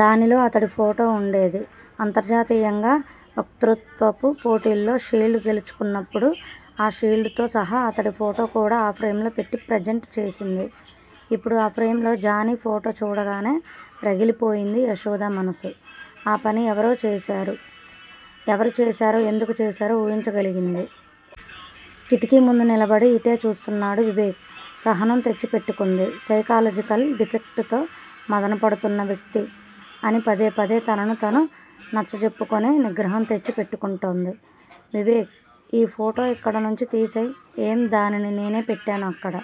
దానిలో అతడి ఫోటో ఉండేది. అంతర్జాతీయంగా వక్తృత్వపు పోటీల్లో షీల్డ్ గెలుచుకున్నప్పుడు, ఆ షీల్డ్ తో సహా అతడి ఫోటో కూడా ఆ ఫ్రేంలో పెట్టి ప్రెజెంట్ చేసింది. ఇప్పుడు ఆ ఫ్రేంలో జానీ ఫోటో చూడగానే, రగిలిపోయింది యశోద మనసు. ఆ పని ఎవరు చేశారో, ఎందుకు చేశారో, ఊహించగలిగింది. కిటికీ ముందు నిలబడి ఇటే చూస్తున్నాడు వివేక్. సహనం తెచ్చి పెట్టుకుంది సైకలాజికల్ డిఫెక్ట్ తో మధనపడుతున్న వ్యక్తి అని పదే పదే తనను తను నచ్చజెప్పుకుని నిగ్రహం తెచ్చి పెట్టుకుంటోంది. వివేక్! ఈ ఫోటో ఇక్కడ నుంచి తీసెయ్! ఏం? దానిని నేనే పెట్టాను అక్కడ.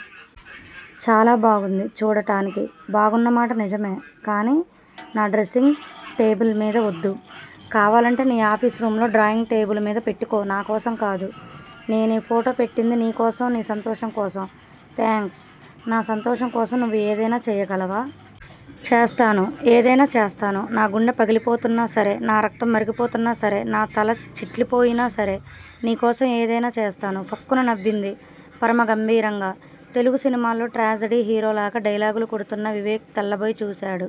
చాలా బాగుంది చూడటానికి బాగున్నమాట నిజమే! కానీ నా డ్రెస్సింగ్ టేబిల్ మీద వద్దు. కావాలంటే నీ ఆఫీస్ రూంలో డ్రాయింగ్ టేబిల్ మీద పెట్టుకో నాకోసం కాదు. నేనీ ఫోటో పెట్టింది, నీకోసం నీ సంతోషం కోసం. థేంక్స్. నా సంతోషం కోసం నువ్వు ఏదైనా చెయ్యగలవా? చేస్తాను. ఏదైనా చేస్తాను. నాగుండె పగిలిపోతున్నా సరే!. నా రక్తం మరిగిపోతున్నాసరే! నా తల చిట్లిపోయినా సరే! నీకోసం ఏదైనా చేస్తాను. ఫక్కున నవ్వింది. పరమ గంభీరంగా, తెలుగు సినిమాల్లో ట్రాజెడీ హీరోలాగా, డైలాగులు కొడుతున్న వివేక్ తెల్లబోయి చూశాడు.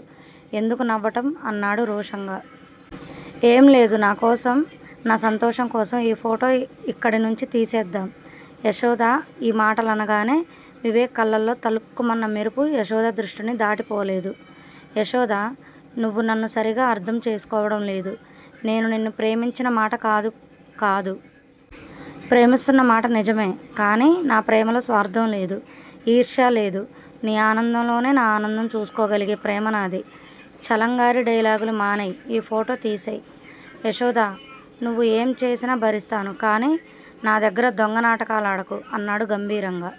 ఎందుకు నవ్వటం? అన్నాడు రోషంగా. ఏం లేదు నాకోసం, నా సంతోషం కోసం ఈ ఫోటో ఇక్కడి నుంచి తీసేద్దాం? యశోద ఈ మాటలనగానే, వివేక్ కళ్లలో తళుక్కుమన్న మెరుపు యశోద దృష్టిని దాటి పోలేదు. యశోదా! నువ్వు నన్ను సరిగా అర్థం చేసుకోవడం లేదు నేను నిన్ను ప్రేమించిన మాట కాదు కాదు! ప్రేమిస్తున్న మాట నిజమే! కానీ నా ప్రేమలో స్వార్థం లేదు. ఈర్ష్య లేదు. నీ ఆనందంలోనే నా అనందం చూసుకోగలిగే ప్రేమనాది. చలంగారి డైలాగులు మానెయ్ ఈ ఫోటో తీసెయ్. యశోదా! నువ్వు యేం చేసినా భరిస్తాను, కానీ నాదగ్గర దొంగ నాటకాలాడకు అన్నాడు గంభీరంగా.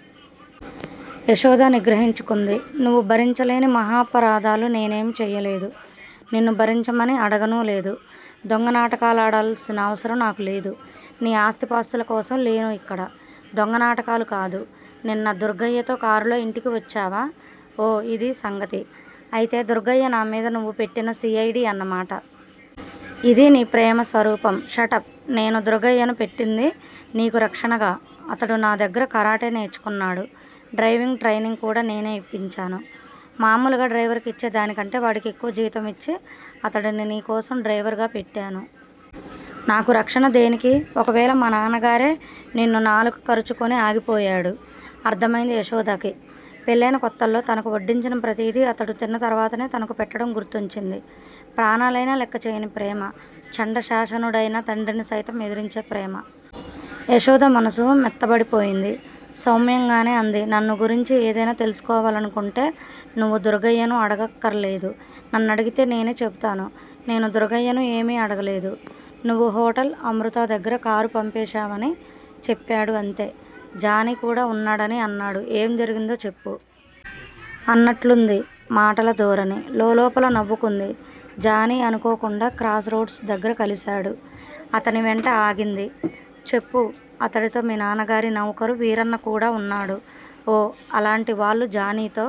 యశోద నిగ్రహించుకుంది నువ్వు భరించలేని మహాపరాధాలు నేనేమీ చెయ్యలేదు. నిన్ను భరించమని అడగనూ లేదు. దొంగ నాటకాలాడవలసిన అవసరం నాకు లేదు! నీ ఆస్థిపాస్తుల కోసం లేను ఇక్కడ. దొంగ నాటకాలు కాదూ! నిన్న దుర్గయ్యతో కారులో ఇంటికి వచ్చావా? ఓ! ఇదీ సంగతి! అయితే, దుర్గయ్య నా మీద నువ్వు పెట్టిన సి ఐ డి అన్నమాట! ఇదీ నీ ప్రేమ స్వరూపం. షటప్! నేను దుర్గయ్యను పెట్టింది, నీకు రక్షణగా. అతడు నా దగ్గర కరాటే నేర్చుకున్నాడు డ్రైవింగ్ ట్రైనింగ్ కూడా నేనే ఇప్పించాను. మామూలుగా డ్రైవర్ కిచ్చే దానికంటే వాడికి ఎక్కువ జీతం ఇచ్చి, అతడిని నీకోసం డ్రైవర్ గా పెట్టాను. నాకు రక్షణ దేనికీ? ఒకవేళ మా నాన్నగారే నిన్ను నాలుక కరుచుకుని ఆగిపోయాడు. అర్థమయింది యశోదకి. పెళ్ళయిన కొత్తల్లో, తనకు వడ్డించిన ప్రతిదీ అతడు తిన్న తర్వాతనే తనకు పెట్టడం గుర్తొచ్చింది. ప్రాణాలయినా లెక్క చేయని ప్రేమ. ఛండ శాసనుడయిన తండ్రిని సైతం ఎదిరించే ప్రేమ! యశోద మనసు మెత్తబడిపోయింది సౌమ్యంగానే అంది నన్ను గురించి ఏదైనా తెలుసుకోవాలనుకుంటే నువ్వు దుర్గయ్యను అడగక్కరలేదు. నన్నడిగితే నేనే చెపుతాను నేను దుర్గయ్యను ఏమి అడగలేదు. నువ్వు హోటల్ అమృతా దగ్గర కారు పంపేశావని చెప్పాడు అంతే. జానీ కూడా ఉన్నాడని అన్నాడు. ఏం జరిగిందో చెప్పు? అన్నట్లుంది మాటల ధోరణి. లోలోపల నవ్వుకుంది. జానీ అనుకోకుండా, క్రాస్ రోడ్స్ దగ్గర కలిశాడు!. అతని వెంట ఆగింది. చెప్పు? అతడితో మీ నాన్నగారి నౌకరు వీరన్న కూడా ఉన్నాడు. ఓ! అలాంటి వాళ్ళు జానీతో